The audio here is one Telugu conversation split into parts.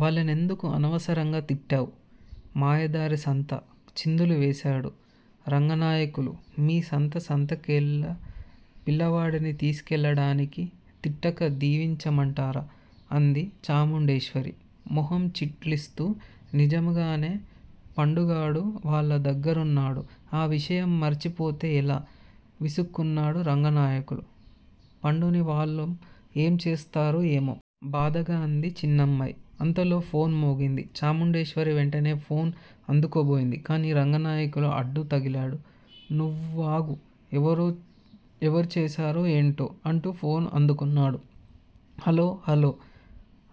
వాళ్ళనెందుకు అనవసరంగా తిట్టావ్ మాయదారి సంత? చిందులు వేశాడు రంగనాయకులు. మీ సంత సంతకెళ్ళ. పిల్లవాడ్ని తిస్కెళ్ళడానికి తిట్టక దీవించ మంటారా? అంది చాముండేశ్వరి మొహం చిట్లిస్తూ. నిజమేగాని పండుగాడు వాళ్ళదగ్గరున్నాడు. ఆ విషయం మర్చి పోతే ఎలా? విసుక్కున్నాడు రంగనాయకులు. పండుని వాళ్ళు ఏం చేస్తారో ఏమో! బాధగా అంది చిన్నమ్మాయి. అంతలో ఫోన్ మోగింది. చాముండేశ్వరి వెంటనే ఫోన్ అందుకోబోయింది. కాని రంగనాయకులు అడ్డు తగిలాడు. నువ్వాగు. ఎవరు చేశారో ఎంటో? అంటూ ఫోన్ అందుకున్నాడు. హలో హలో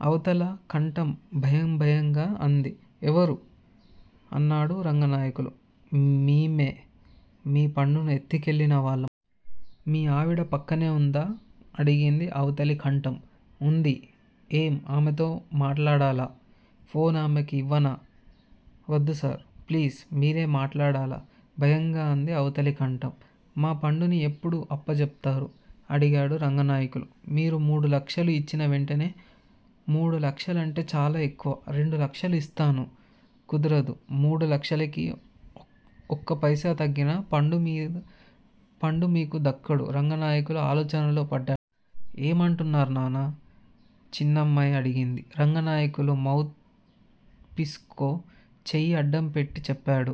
అవతల కంఠం భయం భయంగా అంది. ఎవరూ? అన్నాడు రంగాయకులు. మేమే, మీ పండుని ఎత్తుకెళ్ళినవాళ్ళం. మీ ఆవిడ పక్కనే ఉందా? అడిగింది అవతలి కంఠం. ఉంది ఏం ఆమెతో మాట్లాడాలా? ఫోన్ ఆమెకి ఇవ్వానా? వద్దుసార్! ప్లీజ్ మిరే మాట్లాడాలా భయంగా అంది అవతలి కంఠం. మా పండుని ఎప్పుడు అప్పజేప్తారు? అడిగాడు రంగనాయకులు. మీరు మూడు లక్షలు ఇచిన వెంటనే మూడు లక్షలు అంటే చాలా ఎక్కువ రెండు లక్షలు ఇస్తాను కుదర్దు మూడు లక్షలకి ఒక్కప్తెసా తగ్గినా పండు మీకు దక్కడు రంగనాయకులు ఆలోచనలో పడ్దాడు. ఏమంటున్నారు నాన్నా? చిన్నమ్మాయి అడిగింది. రంగనాయకులు మౌత్ పిస్ కో చెయ్యి అడ్డం పెట్టి చెప్పాడు.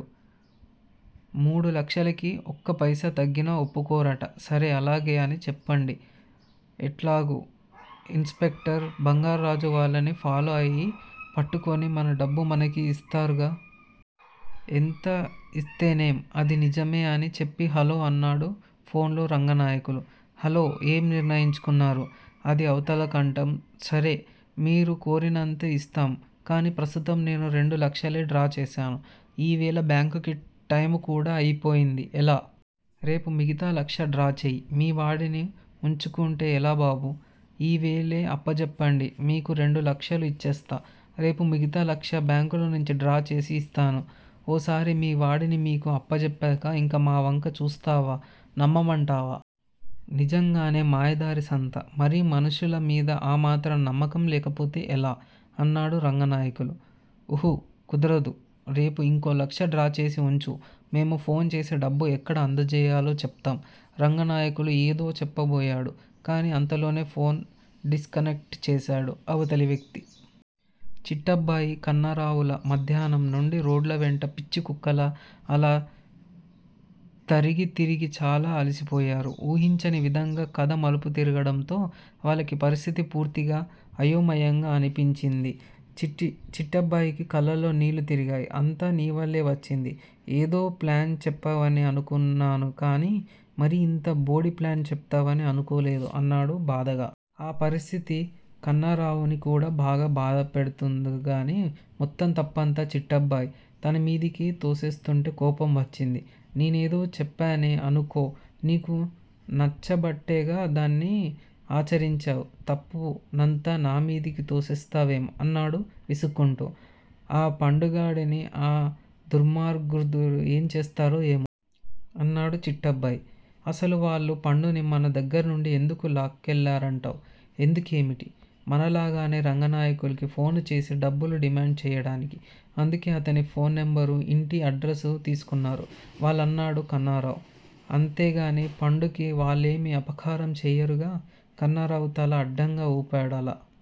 మూడు లక్షలకి ఒక్కప్తెసా తగ్గినా ఒప్పకోరట! సరే అలాగే అని చెప్పండి. ఎట్లాగు ఇన్స్ పెక్టర్ బంగార్రాజు వాళ్ళని ఫాలో అయి పట్టుకుని మన డబ్బు మనకి ఇస్తారుగా? ఎంత ఇస్తేనేం? అది నిజమే అని చెప్పి హలో అన్నాడు ఫోన్లో రంగనాయకులు. హలో ఏం నిర్ణయించుకున్నారు? అది అవతల కంఠం. సరే! మీరు కోరినంతే ఇస్తాం కాని ప్రస్తుతం నేను రెండు లక్షలే డ్రా చేశాను ఈ వేళ బ్యాంకి టైము కూడా అయిపోయింది ఎలా? రేపు మిగతా లక్ష డ్రా చేయి మీ వాడిని ఉంచుకుంటే ఎలా బాబూ? ఈ వేళే అప్పజేప్పండి మీకు రెండు లక్షలు ఇచ్చేస్తా రేపు మిగతా లక్షా బ్యాకులోంచి డ్రా చేసి ఇస్తాను. ఓసారి మీ వాడిని మీకు అప్పజేప్పాక ఇంక మా వంక చూస్తావా నమ్మమంటావా? నిజంగానే మాయదారి సంత మరి మనుషుల మీద ఆ మాత్రం నమ్మకం లేకపోతే ఎలా? అన్నాడు రంగాయకులు. ఊహు కుదర్దూ రేపు ఇంకో లక్ష డ్రాచేసి ఉంచు మేము ఫోన్ చేసి డబ్బు ఎక్కడ అందజేయాలో చెప్తాం రంగనాయకులు ఎదో చెప్పబోయాడు కాని అంతలోనే ఫోను డిస్కనెక్ట్ చేసేశాడు అవతలి వ్యక్తి. చిట్టబ్బాయి, కన్నరావులు మధ్యాహ్నం నుండి రొడ్ల వెంట పిచ్చి కుక్కల్లా అలా తరిగి తిరిగి చాలా అలసిపోయారు. ఊహించని విధంగా కథ మలుపు తిరగడంతో వాళ్ళకి పరిస్ధితి పూర్తిగా అయోమయంగా అనిపించింది. చిట్టబ్బాయికి కళ్ళల్లో నీళ్ళు తిరిగాయి. అంతా నీవల్లే వచ్చింది ఎదో ప్లాను చెప్పావని అనుకున్నాను గాని మరి ఇంత బోడి ప్లాను చెప్తావని అనుకోలేదు అన్నాడు బాధగా. ఆ పరిస్ధితి కన్నారావుని కూడా బాగా బాధ పెడ్తుందిగాని మొత్తం తప్పంతా చిట్టబ్బాయి తనమిదికి తోస్తేస్తుంటే కోపం వచ్చింది. నేనేదో చెప్పానే అనుకో నీకు నచ్చబట్టేగా దాన్ని ఆచరించావ్ తప్పు నంతా నా మీదికి తోసేస్తావేం? అన్నాడు విసుక్కుంటూ. ఆ పండుగాడిని ఆ దుర్మార్గుద్దరూ ఏం చేస్తారో ఏమో! అన్నాడు చిట్టబ్బాయి. అసలు వాళ్లు పండుని మన దగ్గర్నుండి ఎందుకు లాక్కెళ్ళారంటావ్? ఎందుకేమిటి? మనలాగేనే రంగానాయకులుకి ఫోన్ చేసి డబ్బులు డిమాండ్ చేయడానికి! అందుకే అతని ఫోన్ నెంబరూ, ఇంటి అడ్రసూ తిస్కున్నారు వాళ్లు అన్నాడు కన్నారావు. అంతేగాని పండుకి వాళ్ళేమి అపకారం చేయరుగా? కన్నారావు తల అడ్డంగా ఊపాడు. అలా